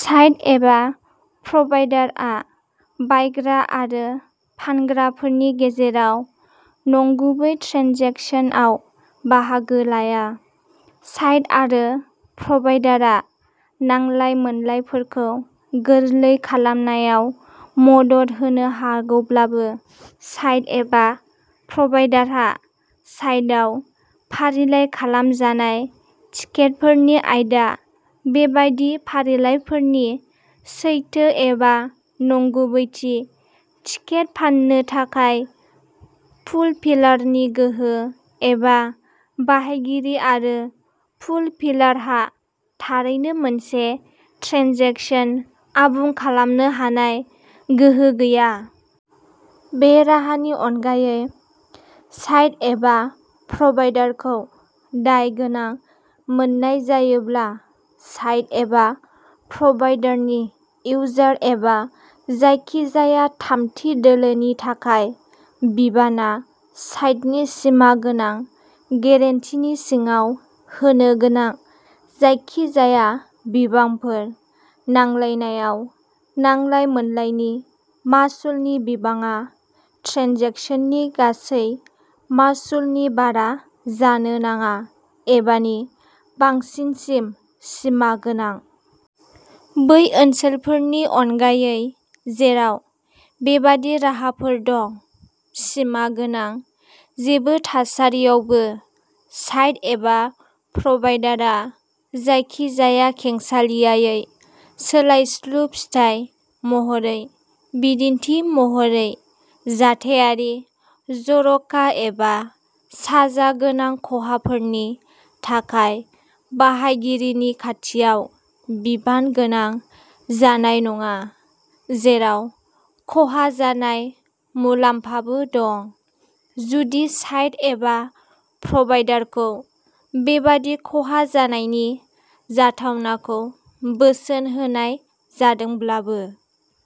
Site एबा प्र'वाइडारआ बायग्रा आरो फानग्राफोरनि गेजेराव नंगुबै ट्रेन्जेकसनआव बाहागो लाया। साइट आरो प्र'वाइडारआ नांलाय-मोनलायफोरखौ गोरलै खालामनायाव मदद होनो हागौब्लाबो, साइट एबा प्र'वाइडारहा साइटआव फारिलाइ खालामजानाय टिकेटफोरनि आयदा, बेबादि फारिलाइफोरनि सैथो एबा नंगुबैथि, टिकेट फान्नो थाखाय फुलफिलारनि गोहो, एबा बाहायगिरि आरो फुलफिलारहा थारैनो मोनसे ट्रेन्जेकसन आबुं खालामनो हानाय गोहो गैया। बे राहानि अनगायै, साइट एबा प्र'वाइडारखौ दाय गोनां मोननाय जायोब्ला, साइट एबा प्र'वाइडारनि इउजार एबा जायखिजाया थामथि दोलोनि थाखाय बिबानआ साइटनि सिमा गोनां गेरेन्टीनि सिङाव होनोगोनां जायखिजाया बिबांफोर, नांलायनायाव नांलाय-मोनलायनि मासुलनि बिबांआ ट्रेन्जेकसननि गासै मासुलनि बारा जानो नाङा, एबा नि बांसिनसिम सिमा गोनां। बै ओनसोलफोरनि अनगायै जेराव बेबादि राहाफोर दं। सिमा गोनां, जेबो थासारियावबो साइट एबा प्र'वाइडारआ जायखिजाया खेंसालियायै, सोलायस्लु, फिथाय महरै, बिदिन्थि महरै, जाथायारि, जर'खा एबा साजा गोनां खहाफोरनि थाखाय बाहायगिरिनि खाथियाव बिबान गोनां जानाय नङा, जेराव खहा जानाय मुलाम्फाबो दं, जुदि साइट एबा प्र'वाइडारखौ बेबादि खहा जानायनि जाथावनाखौ बोसोन होनाय जादोंब्लाबो।